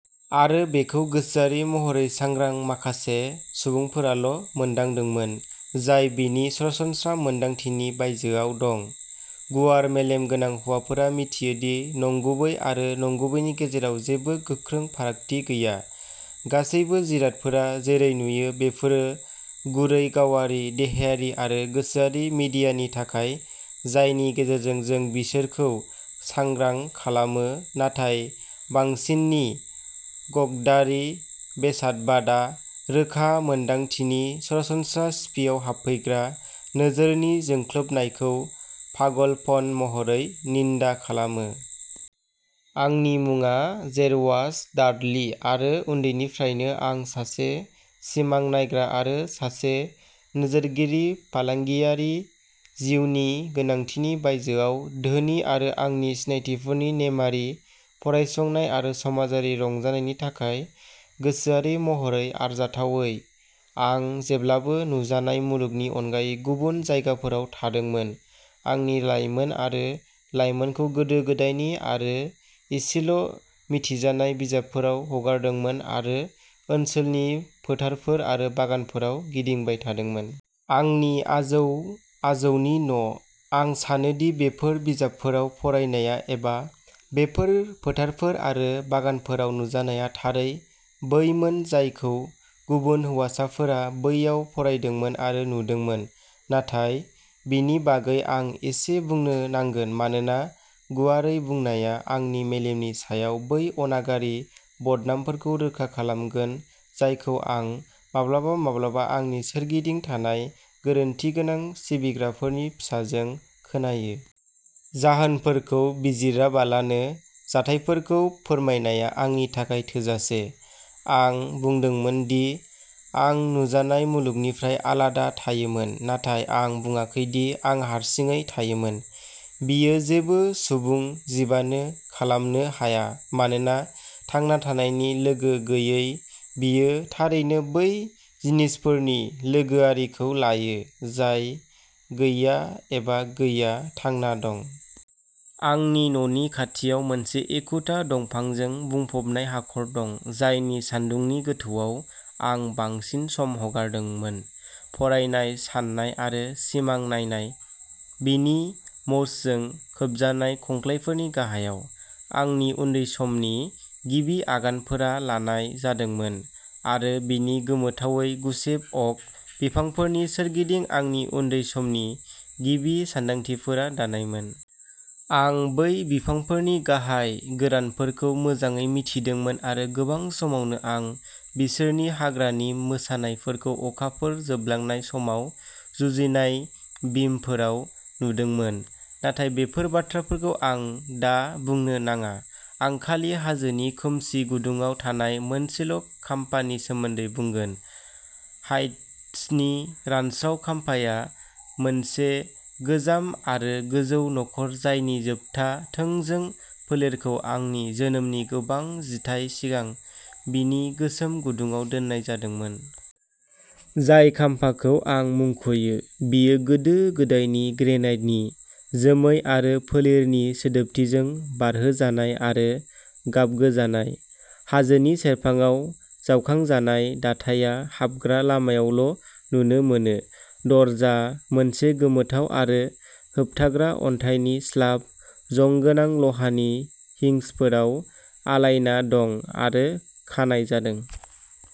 आरो बेखौ गोसोआरि महरै सांग्रां माखासे सुबुंफोराल' मोनदांदोंमोन, जाय बेनि सरासनस्रा मोन्दांथिनि बायजोआव दं। गुवार मेलेम गोनां हौवाफोरा मिथियो दि नंगुबै आरो नंगुबैनि गेजेराव जेबो गोख्रों फारागथि गैया, गासैबो जिरादफोरा जेरै नुयो बेफोरो गुरै गावारि देहायारि आरो गोसोआरि मिडियानि थाखाय जायनि गेजेरजों जों बिसोरखौ सांग्रां खालामो नाथाय बांसिननि गद्यारि बेसादबादआ रोखा मोनदांथिनि सरासनस्रा सिफिङाव हाबफैग्रा नोजोरनि जोंख्लाबनायखौ पागलपन महरै निन्दा खालामो। आंनि मुङा जेर्वास डाडली आरो उन्दैनिफ्रायनो आं सासे सिमां नायग्रा आरो सासे नोजोरगिरि। फालांगियारि जिउनि गोनांथिनि बायजोआव धोनि आरो आंनि सिनायथिफोरनि नेमआरि फरायसंनाय आरो समाजारि रंजानायनि थाखाय गोसोआरि महरै आरजाथावै, आं जेब्लाबो नुजानाय मुलुगनि अनगायै गुबुन जायगाफोराव थादोंमोन, आंनि लायमोन आरो लायमोनखौ गोदो गोदायनि आरो इसेल' मिथिजानाय बिजाबफोराव हगारदोंमोन आरो ओनसोलनि फोथारफोर आरो बागानफोराव गिदिंबाय थादोंमोन। आंनि आजौ आजौनि न'। आं सानो दि बेफोर बिजाबफोराव फरायनाया एबा बेफोर फोथारफोर आरो बागानफोराव नुजानाया थारै बैमोन जायखौ गुबुन हौवासाफोरा बैयाव फरायदोंमोन आरो नुदोंमोन, नाथाय बेनि बागै आं एसे बुंनो नांगोन, मानोना गुवारै बुंनाया आंनि मेलेमनि सायाव बै अनागारि बदनामफोरखौ रोखा खालामगोन जायखौ आं माब्लाबा माब्लाबा आंनि सोरगिदिं थानाय गोरोनथिगोनां सिबिग्राफोरनि फिसाजों खोनायो। जाहोनफोरखौ बिजिरालाबानो जाथायफोरखौ फोरमायनाया आंनि थाखाय थोजासे। आं बुंदोंमोन दि आं नुजानाय मुलुगनिफ्राय आलादा थायोमोन, नाथाय आं बुङाखै दि आं हारसिङै थायोमोन। बेयो जेबो सुबुं जिबानो खालामनो हाया, मानोना थांना थानायनि लोगो गैयै, बियो थारैनो बै जिनिसफोरनि लोगोआरिखौ लायो जाय गैया, एबा गैया, थांना दं। आंनि न'नि खाथियाव मोनसे एखुथा दंफांजों बुंफबनाय हाखर दं, जायनि सान्दुंनि गोथौआव आं बांसिन सम हगारदोंमोन, फरायनाय, साननाय आरो सिमां नायनाय। बेनि मोसजों खोबजानाय खंस्लायफोरनि गाहायाव। आंनि उन्दै समनि गिबि आगानफोरा लानाय जादोंमोन, आरो बेनि गोमोथावै गुसेब अक बिफांफोरनि सोरगिदिं आंनि उन्दै समनि गिबि सानदांथिफोरा दानायमोन। आं बै बिफांफोरनि गाहाय गोरानफोरखौ मोजाङै मिथिदोंमोन आरो गोबां समावनो आं बिसोरनि हाग्रानि मोसानायफोरखौ अखाफोर जोबलांनाय समाव जुजिनाय बिमफोराव नुदोंमोन, नाथाय बेफोर बाथ्राफोरखौ आं दा बुंनो नाङा। आं खालि हाजोनि खोमसि गुदुङाव थानाय मोनसेल' खाम्फानि सोमोन्दै बुंगोन, हाइड्सनि रानस्राव खाम्फाया, मोनसे गोजाम आरो गोजौ नखर जायनि जोबथा थोंजों फोलेरखौ आंनि जोनोमनि गोबां जिथाय सिगां बिनि गोसोम गुदुङाव दोननाय जादोंमोन। जाय खाम्फाखौ आं मुंख'यो बेयो गोदो गोदायनि ग्रेनाइटनि, जोमै आरो फोलेरनि सिदोबथिजों बारहोजानाय आरो गाबगोजानाय। हाजोनि सेरफाङाव जावखांजानाय, दाथाइया हाबग्रा लामायावल' नुनो मोनो। दरजा, मोनसे गोमोथाव आरो होबथाग्रा अन्थाइनि स्लाब, जं गोनां लहानि हिंजफोराव आलायना दं, आरो खानाय जादों।